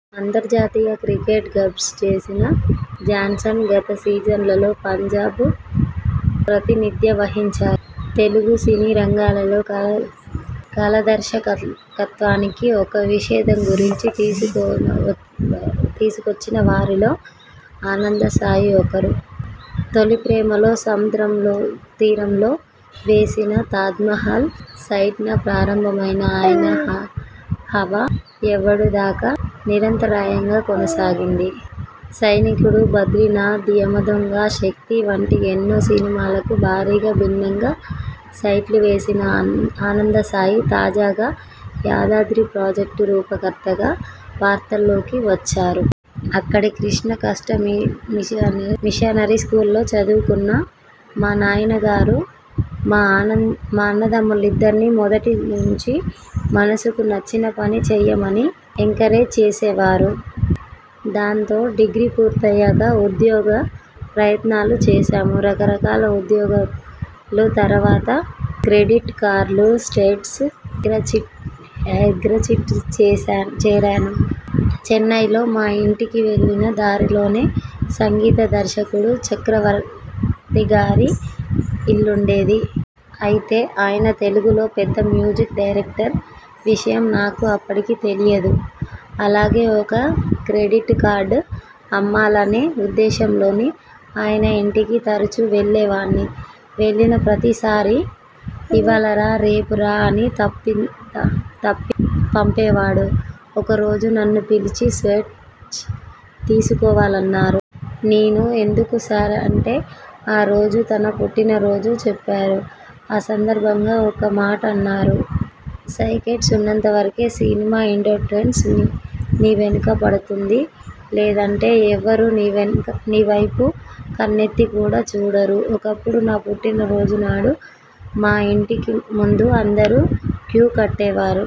అంతర్జాతీయ క్రికెట్కు గుడ్బై చెప్పిన జాన్సన్ గత సీజన్లో పంజా బ్కు ప్రాతినిధ్యం వహించాడు. తెలుగు సినీరంగంలో కళాదర్శకత్వానికి ఒక విశేషగుర్తింపు తీసుకొచ్చినవారిలో ఆనందసాయి ఒకరు. 'తొలిప్రేమ'లో సముద్రతీరంలో వేసిన తాజ్మహల్ సెట్తో ప్రారంభమైన ఆయన హవా 'ఎవడు'దాకా నిరంతరాయంగా కొనసాగింది. 'సైనికుడు', 'బద్రీనాథ్', 'యమదొంగ', 'శక్తి' వంటి ఎన్నో సినిమాలకు భారీగా, భిన్నంగా సెట్లు వేసిన ఆనందసాయి తాజాగా 'యాదాద్రి' ప్రాజెక్టు రూపకర్తగా వార్తల్లోకి వచ్చారు. అక్కడి రామకృష్ణా మిషనరీ స్కూల్లో చదువుకున్నా. మా నాన్నగారు మా అన్నదమ్ములిద్దర్నీ మొదటి నుంచీ మనసుకు నచ్చిన పని చేయమని ఎంకరేజ్ చేసేవారు. దాంతో డిగ్రీ పూర్తయ్యాక ఉద్యోగ ప్రయత్నాలు చేశాను. రకరకాల ఉద్యోగాల తర్వాత క్రెడిట్ కార్డుల సేల్స్ ఎగ్జిక్యూటివ్గా చేరాను. చెన్నైలో మా ఇంటికి వెళ్తున్న దారిలోనే సంగీత దర్శకుడు చక్రవర్తిగారి ఇల్లుండేది. అయితే ఆయన తెలుగులో పెద్ద మ్యూజిక్ డైరెక్టరనే విషయం నాకు అప్పటికి తెలియదు. ఎలాగైనా ఒక క్రెడిట్ కార్డు అమ్మాలనే ఉద్దేశ్యంతో ఆయన ఇంటికి తరచూ వెళ్లేవాణ్ణి. వెళ్లిన ప్రతీసారి 'ఇవ్వాళరా రేపు రా ' అని తిప్పి పంపేవారు. ఒకరోజు నన్ను పిలిచి స్వీట్ తీసుకోమన్నారు. నేను 'ఎందుకు సార్ ' అంటే ఆ రోజు తన పుట్టినరోజని చెప్పారు. ఆ సందర్భంగా ఒక మాటన్నారు. ''సక్సెస్ ఉన్నంతవరకే సినిమా ఇండసీ్ట్ర నీ వెనుక పడుతుంది. లేదంటే ఎవరూ నీవైపు కన్నెత్తి కూడా చూడరు. ఒకప్పుడు నా పుట్టినరోజునాడు మా ఇంటిముందు అందరూ క్యూ కట్టేవారు.